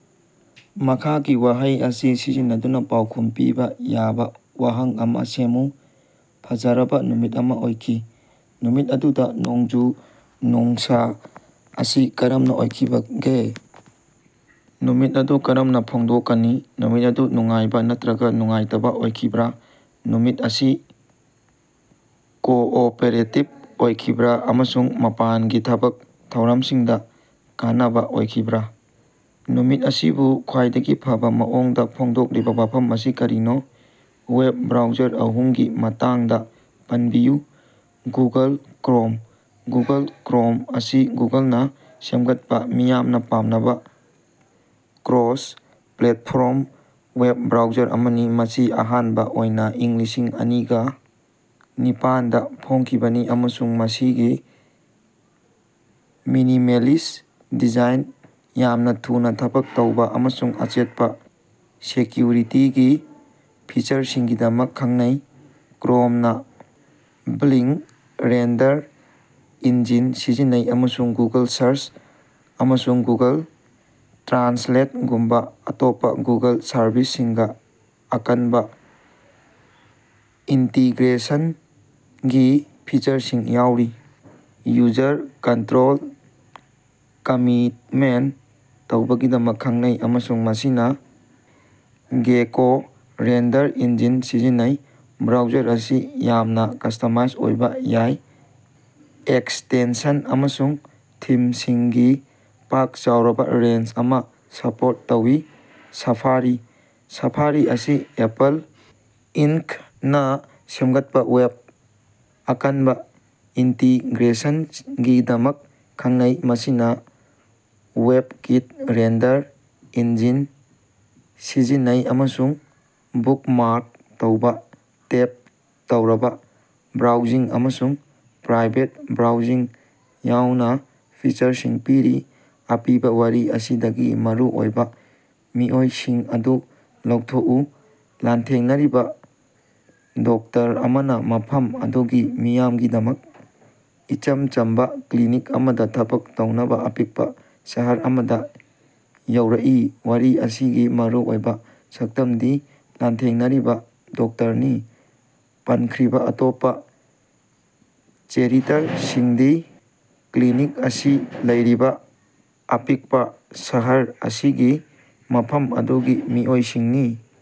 ꯃꯈꯥꯒꯤ ꯋꯥꯍꯩ ꯑꯁꯤ ꯁꯤꯖꯤꯟꯅꯗꯨꯅ ꯄꯥꯎꯈꯨꯝ ꯄꯤꯕ ꯌꯥꯕ ꯋꯥꯍꯪ ꯑꯃ ꯁꯦꯝꯃꯨ꯫ "ꯐꯖꯔꯕ ꯅꯨꯃꯤꯠ ꯑꯃ ꯑꯣꯏꯈꯤ"꯫ ꯅꯨꯃꯤꯠ ꯑꯗꯨꯗ ꯅꯣꯡꯖꯨ-ꯅꯨꯡꯁꯥ ꯑꯁꯤ ꯀꯔꯝꯅ ꯑꯣꯏꯈꯤꯕꯒꯦ? ꯅꯨꯃꯤꯠ ꯑꯗꯨ ꯀꯔꯝꯅ ꯐꯣꯡꯗꯣꯛꯀꯅꯤ? ꯅꯨꯃꯤꯠ ꯑꯗꯨ ꯅꯨꯡꯉꯥꯏꯕ ꯅꯠꯇ꯭ꯔꯒ ꯅꯨꯡꯉꯥꯏꯇꯕ ꯑꯣꯏꯈꯤꯕ꯭ꯔꯥ? ꯅꯨꯃꯤꯠ ꯑꯁꯤ ꯀꯣꯑꯣꯄꯔꯦꯇꯤꯚ ꯑꯣꯏꯈꯤꯕ꯭ꯔꯥ ꯑꯃꯁꯨꯡ ꯃꯄꯥꯟꯒꯤ ꯊꯕꯛ ꯊꯧꯔꯝꯁꯤꯡꯗ ꯀꯥꯟꯅꯕ ꯑꯣꯏꯈꯤꯕ꯭ꯔꯥ? ꯅꯨꯃꯤꯠ ꯑꯁꯤꯕꯨ ꯈ꯭ꯋꯥꯏꯗꯒꯤ ꯐꯕ ꯃꯑꯣꯡꯗ ꯐꯣꯡꯗꯣꯛꯂꯤꯕ ꯋꯥꯐꯝ ꯑꯁꯤ ꯀꯔꯤꯅꯣ? ꯋꯦꯕ ꯕ꯭ꯔꯥꯎꯖꯔ ꯑꯍꯨꯝꯒꯤ ꯃꯇꯥꯡꯗ ꯄꯟꯕꯤꯌꯨ꯫ ꯒꯨꯒꯜ ꯀ꯭ꯔꯣꯝ: ꯒꯨꯒꯜ ꯀ꯭ꯔꯣꯝ ꯑꯁꯤ ꯒꯨꯒꯜꯅ ꯁꯦꯝꯒꯠꯄ ꯃꯤꯌꯥꯝꯅ ꯄꯥꯝꯅꯕ ꯀ꯭ꯔꯣꯁ-ꯄ꯭ꯂꯦꯠꯐꯣꯔꯝ ꯋꯦꯕ ꯕ꯭ꯔꯥꯎꯖꯔ ꯑꯃꯅꯤ꯫ ꯃꯁꯤ ꯑꯍꯥꯟꯕ ꯑꯣꯏꯅ ꯏꯪ ꯂꯤꯁꯤꯡ ꯑꯅꯤꯒ ꯅꯤꯄꯥꯟꯗ ꯐꯣꯡꯈꯤꯕꯅꯤ ꯑꯃꯁꯨꯡ ꯃꯁꯤꯒꯤ ꯃꯤꯅꯤꯃꯦꯜꯂꯤꯁꯠ ꯗꯤꯖꯥꯏꯟ, ꯌꯥꯝꯅ ꯊꯨꯅ ꯊꯕꯛ ꯇꯧꯕ ꯑꯃꯁꯨꯡ ꯑꯆꯦꯠꯄ ꯁꯦꯀ꯭ꯌꯨꯔꯤꯇꯤꯒꯤ ꯐꯤꯆꯔꯁꯤꯡꯒꯤꯗꯃꯛ ꯈꯪꯅꯩ꯫ ꯀ꯭ꯔꯣꯝꯅ ꯕ꯭ꯂꯤꯡꯀ ꯔꯦꯟꯗꯔ ꯏꯟꯖꯤꯟ ꯁꯤꯖꯤꯟꯅꯩ ꯑꯃꯁꯨꯡ ꯒꯨꯒꯜ ꯁꯔꯆ ꯑꯃꯁꯨꯡ ꯒꯨꯒꯜ ꯇ꯭ꯔꯥꯟꯁꯂꯦꯠꯒꯨꯝꯕ ꯑꯇꯣꯞꯄ ꯒꯨꯒꯜ ꯁꯔꯚꯤꯁꯁꯤꯡꯒ ꯑꯀꯟꯕ ꯏꯟꯇꯤꯒ꯭ꯔꯦꯁꯟꯒꯤ ꯐꯤꯆꯔꯁꯤꯡ ꯌꯥꯎꯔꯤ꯫ ꯌꯨꯖꯔ ꯀꯟꯇ꯭ꯔꯣꯜ ꯀꯝꯃꯤꯠꯃꯦꯟ ꯇꯧꯕꯒꯤꯗꯃꯛ ꯈꯪꯅꯩ ꯑꯃꯁꯨꯡ ꯃꯁꯤꯅ ꯒꯦꯀꯣ ꯔꯦꯟꯗꯔ ꯏꯟꯖꯤꯟ ꯁꯤꯖꯤꯟꯅꯩ꯫ ꯕ꯭ꯔꯥꯎꯖꯔ ꯑꯁꯤ ꯌꯥꯝꯅ ꯀꯁꯇꯃꯥꯏꯁ ꯑꯣꯏꯕ ꯌꯥꯏ꯫ ꯑꯦꯛꯁꯇꯦꯟꯁꯟ ꯑꯃꯁꯨꯡ ꯊꯤꯝꯁꯤꯡꯒꯤ ꯄꯥꯛ ꯆꯥꯎꯔꯕ ꯔꯦꯟꯖ ꯑꯃ ꯁꯄꯣꯔꯠ ꯇꯧꯏ꯫ ꯁꯥꯐꯥꯔꯤ: ꯁꯥꯐꯥꯔꯤ ꯑꯁꯤ ꯑꯦꯄꯜ ꯏꯟꯀꯅ ꯁꯦꯝꯒꯠꯄ ꯋꯦꯕ ꯑꯀꯟꯕ ꯏꯟꯇꯤꯒ꯭ꯔꯦꯁꯟꯒꯤꯗꯃꯛ ꯈꯪꯅꯩ꯫ ꯃꯁꯤꯅ ꯋꯦꯕꯀꯤꯠ ꯔꯦꯟꯗꯔ ꯏꯟꯖꯤꯟ ꯁꯤꯖꯤꯟꯅꯩ ꯑꯃꯁꯨꯡ ꯕꯨꯛꯃꯥꯔꯛ ꯇꯧꯕ, ꯇꯦꯕ ꯇꯧꯔꯕ ꯕ꯭ꯔꯥꯎꯖꯤꯡ ꯑꯃꯁꯨꯡ ꯄ꯭ꯔꯥꯏꯚꯦꯠ ꯕ꯭ꯔꯥꯎꯖꯤꯡ ꯌꯥꯎꯅ ꯐꯤꯆꯔꯁꯤꯡ ꯄꯤꯔꯤ꯫ ꯑꯄꯤꯕ ꯋꯥꯔꯤ ꯑꯁꯤꯗꯒꯤ ꯃꯔꯨꯑꯣꯏꯕ ꯃꯤꯑꯣꯏꯁꯤꯡ ꯑꯗꯨ ꯂꯧꯊꯣꯛꯎ꯫ ꯂꯥꯟꯊꯦꯡꯅꯔꯤꯕ ꯗꯣꯛꯇꯔ ꯑꯃꯅ ꯃꯐꯝ ꯑꯗꯨꯒꯤ ꯃꯤꯌꯥꯝꯒꯤꯗꯃꯛ ꯏꯆꯝ ꯆꯝꯕ ꯀ꯭ꯂꯤꯅꯤꯛ ꯑꯃꯗ ꯊꯕꯛ ꯇꯧꯅꯕ ꯑꯄꯤꯛꯄ ꯁꯍꯔ ꯑꯃꯗ ꯌꯧꯔꯛꯏ꯫ ꯋꯥꯔꯤ ꯑꯁꯤꯒꯤ ꯃꯔꯨꯑꯣꯏꯕ ꯁꯛꯇꯝꯗꯤ ꯂꯥꯟꯊꯦꯡꯅꯔꯤꯕ ꯗꯣꯛꯇꯔꯅꯤ꯫ ꯄꯟꯈ꯭ꯔꯤꯕ ꯑꯇꯣꯞꯄ ꯆꯦꯔꯤꯇꯔꯁꯤꯡꯗꯤ ꯀ꯭ꯂꯤꯅꯤꯛ ꯑꯁꯤ ꯂꯩꯔꯤꯕ ꯑꯄꯤꯛꯄ ꯁꯍꯔ ꯑꯁꯤꯒꯤ ꯃꯐꯝ ꯑꯗꯨꯒꯤ ꯃꯤꯑꯣꯏꯁꯤꯡꯅꯤ꯫